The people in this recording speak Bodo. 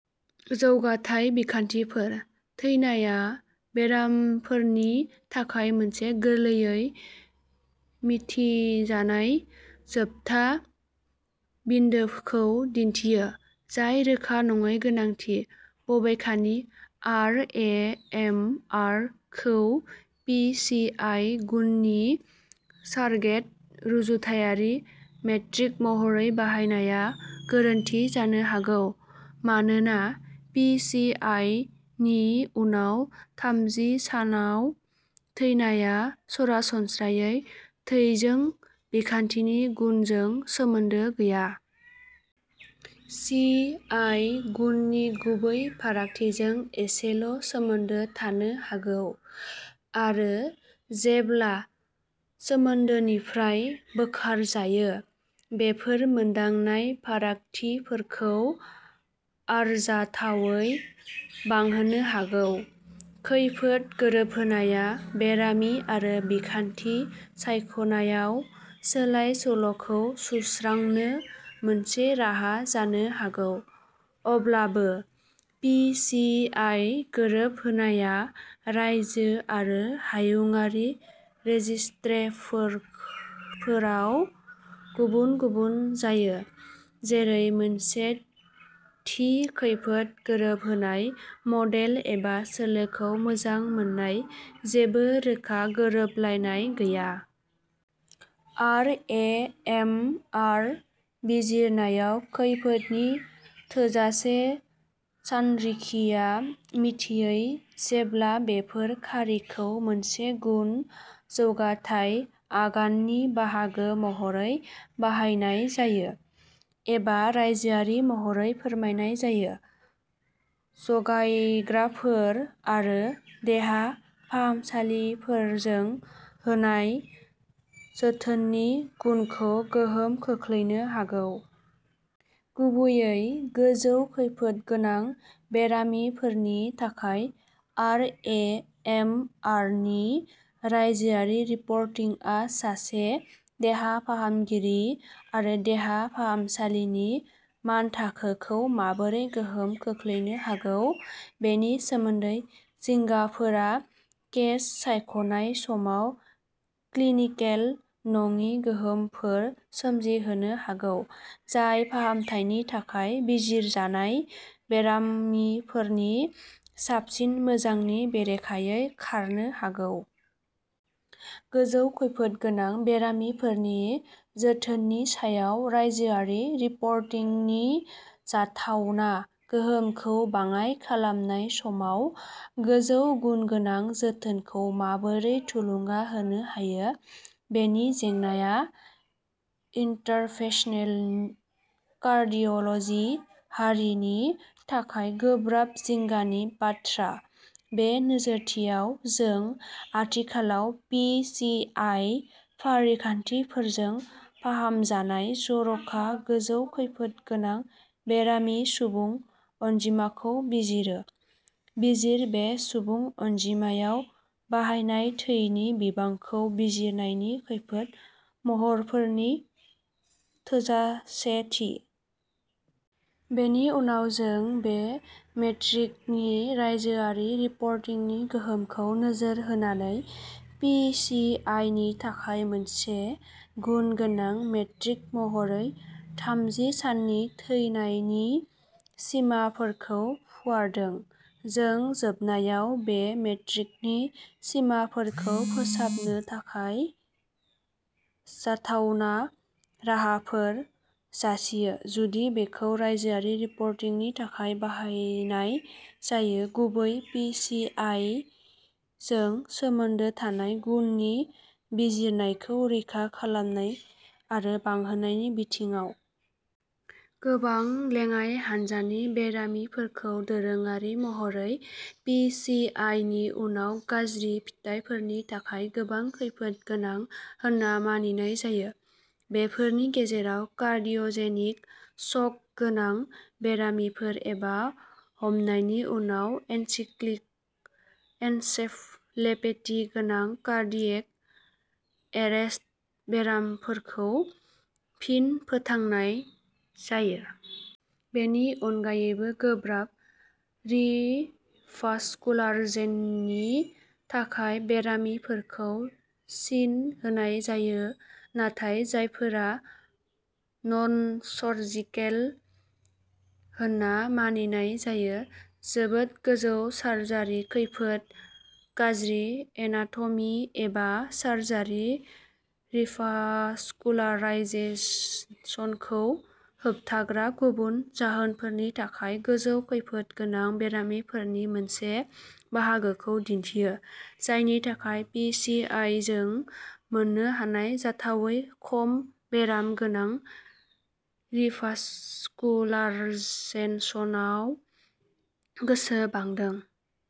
जौगाथाय बिखान्थिफोर। थैनायआ बेरामिफोरनि थाखाय मोनसे गोरलैयै मिन्थिजानाय जोबथा बिन्दोखौ दिन्थियो, जाय रोखा नङै गोनांथि। बबेखानि, आर ए एम आर खौ पि सि आइ गुननि सार'गेट रुजुथायारि मेट्रिक महरै बाहायनाया गोरोन्थि जानो हागौ, मानोना पि सि आइ नि उनाव थामजि सानाव थैनायआ सरासनस्रायै थोंजों बिखान्थिनि गुनजों सोमोन्दो गैया। सि आइ गुननि गुबै फारागथिजों एसेल' सोमोन्दो थानो हागौ, आरो जेब्ला सोमोन्दोनिफ्राय बोखारजायो, बेफोर मोनदांनाय फारागथिफोरखौ आरजाथावै बांहोनो हागौ। खैफोद गोरोबहोनायआ बेरामि आरो बिखान्थि सायख'नायाव सोलाय सोल'खौ सुस्रांनो मोनसे राहा जानो हागौ। अब्लाबो पि सि आइ गोरोबहोनायआ रायजो आरो हायुंआरि रेजिस्ट्रिफोर फोराव गुबुन गुबुन जायो, जेराव मोनसे थि खैफोद गोरोबहोनाय मडेल एबा सोलोखौ मोजां मोननाय जेबो रोखा गोरोबलायनाय गैया। आर ए एम आर बिजिरनायाव खैफोदनि थोजासे सानरिखिया मिथियै जेब्ला बेफोर खारिखौ मोनसे गुन जौगाथाय आगाननि बाहागो महरै बाहायनाय जायो एबा रायजोआरि महरै फोरमायजायो जगायग्राफोर आरो देहा फाहामसालिफोरजों होनाय जोथोननि गुनखौ गोहोम खोख्लैनो हागौ। गुबैयै गोजौ खैफोदगोनां बेरामिफोरनि थाखाय, आर ए एम आर नि रायजोआरि रिपर्टिंआ सासे देहा फाहामगिरि आरो देहा फाहामसालिनि मानथाखोखौ माबोरै गोहोम खोख्लैनो हागौ बेनि सोमोन्दै जिंगाफोरा केस सायख'नाय समाव क्लिनिकेल नङि गोहोमफोर सोमजिहोनो हागौ जाय फाहामथायनि थाखाय बिजिरजानाय बेरामिफोरनि साबसिन मोजांनि बेरेखायै खारनो हागौ। गोजौ खैफोदगोनां बेरामिफोरनि जोथोननि सायाव रायजोआरि रिपर्टिंनि जाथावना गोहोमखौ बाङाइ खालामनाय समाव गोजौ गुनगोनां जोथोनखौ माबोरै थुलुंगा होनो हायो बेनि जेंनाआ इन्टारभेनसनेल कार्डिय'ल'जि हारिनि थाखाय गोब्राब जिंगानि बाथ्रा। बे नोजोरथियाव, जों आथिखालाव पि सि आइ फारिखान्थिफोरजों फाहामजानाय जर'खा गोजौ खैफोदगोनां बेरामि सुबुं अनजिमाखौ बिजिरो, बिजिर बे सुबुं अनजिमायाव बाहायनाय थैनायनि बिबांखौ बिजिरनायनि खैफोद महरफोरनि थोजासेथि। बेनि उनाव जों बे मेट्रिकनि रायजोआरि रिपर्टिंनि गोहोमखौ नोजोर होनानै, पि सि आइ नि थाखाय मोनसे गुनगोनां मेट्रिक महरै थामजि साननि थैनायनि सिमाफोरखौ फुवारदों। जों जोबनायाव बे मेट्रिकनि सिमाफोरखौ फोसाबनो थाखाय जाथावना राहाफोर जासियो, जुदि बेखौ रायजोआरि रिपर्टिंनि थाखाय बाहायनाय जायो, गुबैयै पि सि आइ जों सोमोन्दो थानाय गुननि बिजिरनायखौ रैखा खालामनाय आरो बांहोनायनि बिथिङाव। गोबां लेङाइ हान्जानि बेरामिफोरखौ दोरोङारि महरै पि सि आइ नि उनाव गाज्रि फिथायफोरनि थाखाय गोबां खैफोद गोनां होनना मानिनाय जायो। बेफोरनि गेजेराव कार्डिय'जेनिक शक गोनां बेरामिफोर एबा हमनायनि उनाव एन'क्सिक एन्सेफ'लेपेथि गोनां कार्डियेक एरेस्ट बेरामिफोरखौ फिन फोथांनाय जायो। बेनि अनगायैबो, गोब्राब रिभास्कुलाराइजेसननि थाखाय बेरामिफोरखौ सिन होनाय जायो नाथाय जायफोरा ननसर्जिकेल होनना मानिनाय जायो जोबोद गोजौ सार्जारि खैफोद, गाज्रि एनाट'मि, एबा सार्जारि रिभास्कुलाराइजेसनखौ होबथाग्रा गुबुन जाहोनफोरनि थाखाय गोजौ खैफोद गोनां बेरामिफोरनि मोनसे बाहागोखौ दिन्थियो, जायनि थाखाय पि सि आइ जों मोननो हानाय जाथावनायै खम बेराम गोनां रिभास्कुलाराइजेसनाव गोसो बांदों।